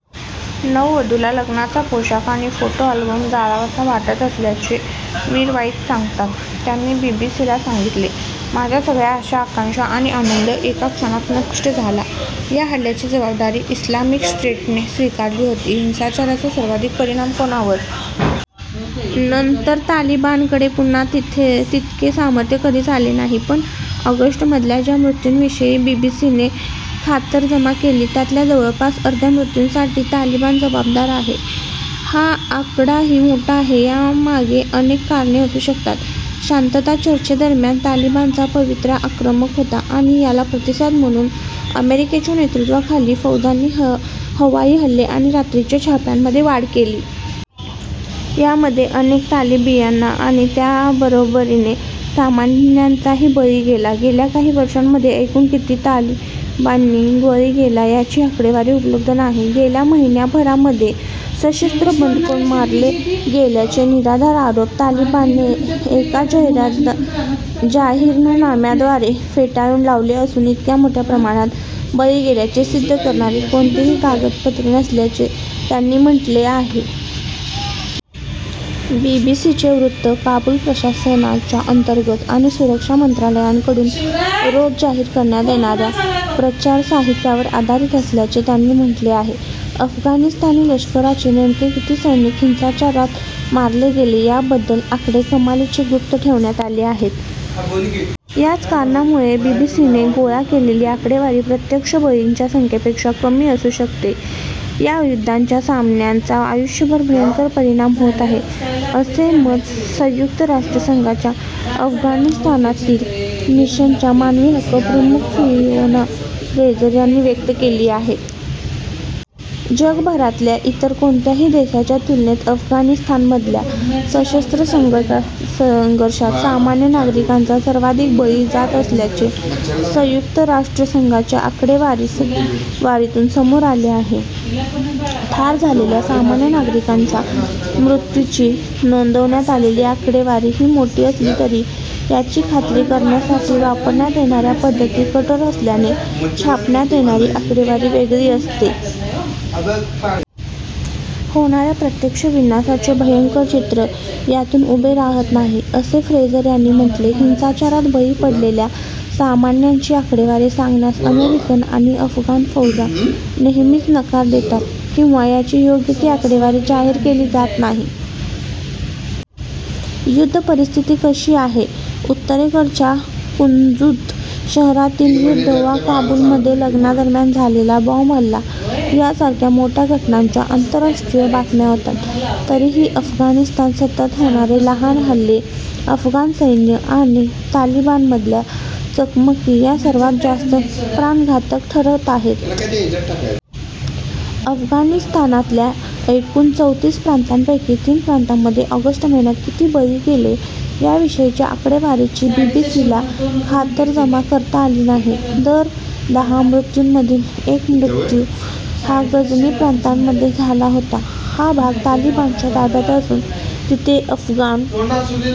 नववधूला लग्नाचा पोशाख आणि फोटो आल्बम जाळावासा वाटत असल्याचे मीरवाईज सांगतात. त्यांनी बीबीसीला सांगितले, "माझ्या सगळ्या आशा-आकांक्षा आणि आनंद एका क्षणात नष्ट झाला." या हल्ल्याची जबाबदारी इस्लामिक स्टेटने स्वीकारली होती. हिंसाचाराचा सर्वाधिक परिणाम कोणावर? - नंतर तालिबानकडे पुन्हा तितके सामर्थ्य कधीच आले नाही. पण ऑगस्टमधल्या ज्या मृत्यूंविषयी बीबीसीने खातरजमा केली त्यातल्या जवळपास अर्ध्या मृत्यूंसाठी तालिबान जबाबदार आहे. हा आकडाही मोठा आहे. यामागे अनेक कारणे असू शकतात. शांतता चर्चेदरम्यान तालिबानचा पवित्रा आक्रमक होता आणि याला प्रतिसाद म्हणून अमेरिकेच्या नेतृत्वाखालील फौजांनी हवाई हल्ले आणि रात्रीच्या छाप्यांमध्ये वाढ केली. यामध्ये अनेक तालिबानींचा आणि त्याबरोबरीने सामान्यांचाही बळी गेला. गेल्या काही वर्षांमध्ये एकूण किती तालिबानींचा बळी गेला याची आकडेवारी उपलब्ध नाही. गेल्या महिन्याभरामध्ये सशस्त्र बंडखोर मारले गेल्याचे 'निराधार आरोप' तालिबानने एका जाहीरनाम्याद्वारे फेटाळून लावले असून 'इतक्या मोठ्या प्रमाणात बळी गेल्याचे' सिद्ध करणारी कोणतीही कागदपत्रे नसल्याचे त्यांनी म्हटले आहे. बीबीसीचे वृत्त 'काबुल प्रशासनाच्या अंतर्गत आणि सुरक्षा मंत्रालयांकडून रोज जाहीर करण्यात येणाऱ्या प्रचार साहित्यावर आधारित' असल्याचे त्यांनी म्हटले आहे. अफगाणिस्तानी लष्कराचे नेमके किती सैनिक हिंसाचारात मारले गेले, याबद्दलचे आकडे कमालीचे गुप्त ठेवण्यात आले आहेत. याच कारणामुळे बीबीसीने गोळा केलेली आकडेवारी प्रत्यक्ष बळींच्या संख्येपेक्षा कमी असू शकते. "या युद्धाचा सामान्यांच्या आयुष्यावर भयंकर परिणाम होत आहे," असे मत संयुक्त राष्ट्रसंघाच्या अफगाणिस्तानातील मिशनच्या मानवी हक्क प्रमुख फिओना फ्रेझर यांनी व्यक्त केले आहे. "जगभरातल्या इतर कोणत्याही देशाच्या तुलनेत अफगाणिस्तानमधल्या सशस्त्र संघर्षात सामान्य नागरिकांचा सर्वाधिक बळी जात असल्याचे संयुक्त राष्ट्रसंघाच्या आकडेवारीतून समोर आले आहे. ठार झालेल्या सामान्य नागरिकांच्या मृत्यूची नोंदवण्यात आलेली आकडेवारी ही मोठी असली तरी याची खात्री करण्यासाठी वापरण्यात येणाऱ्या पद्धती कठोर असल्याने छापण्यात येणारी आकडेवारी वेगळी असते. होणाऱ्या प्रत्यक्ष विनाशाचे भयंकर चित्र यातून उभे राहत नाही," असे फ्रेझर यांनी म्हटले. हिंसाचारात बळी पडलेल्या सामान्यांची आकडेवारी सांगण्यास अमेरिकन आणि अफगाण फौजा नेहमीच नकार देतात किंवा याची योग्य ती आकडेवारी जाहीर केली जात नाही. युद्ध परिस्थिती कशी आहे? - उत्तरेकडच्या कुंदूज शहरातील युद्ध वा काबुलमध्ये लग्नादरम्यान झालेला बॉम्बहल्ला यासारख्या मोठ्या घटनांच्या आंतरराष्ट्रीय बातम्या होतात. तरीही अफगाणिस्तान सतत होणारे लहान हल्ले, अफगाण सैन्य आणि तालिबानमधल्या चकमकी या सर्वात जास्त प्राणघातक ठरत आहेत. अफगाणिस्तानातल्या एकूण चौतीस प्रांतांपैकी तीन प्रांतांमध्ये ऑगस्ट महिन्यात किती बळी गेले याविषयीच्या आकडेवारीची बीबीसीला खातरजमा करता आली नाही. दर दहा मृत्यूंमधील एक मृत्यू हा गझनी प्रांतामध्ये झाला होता. हा भाग तालिबानच्या ताब्यात असून तिथे अफगाण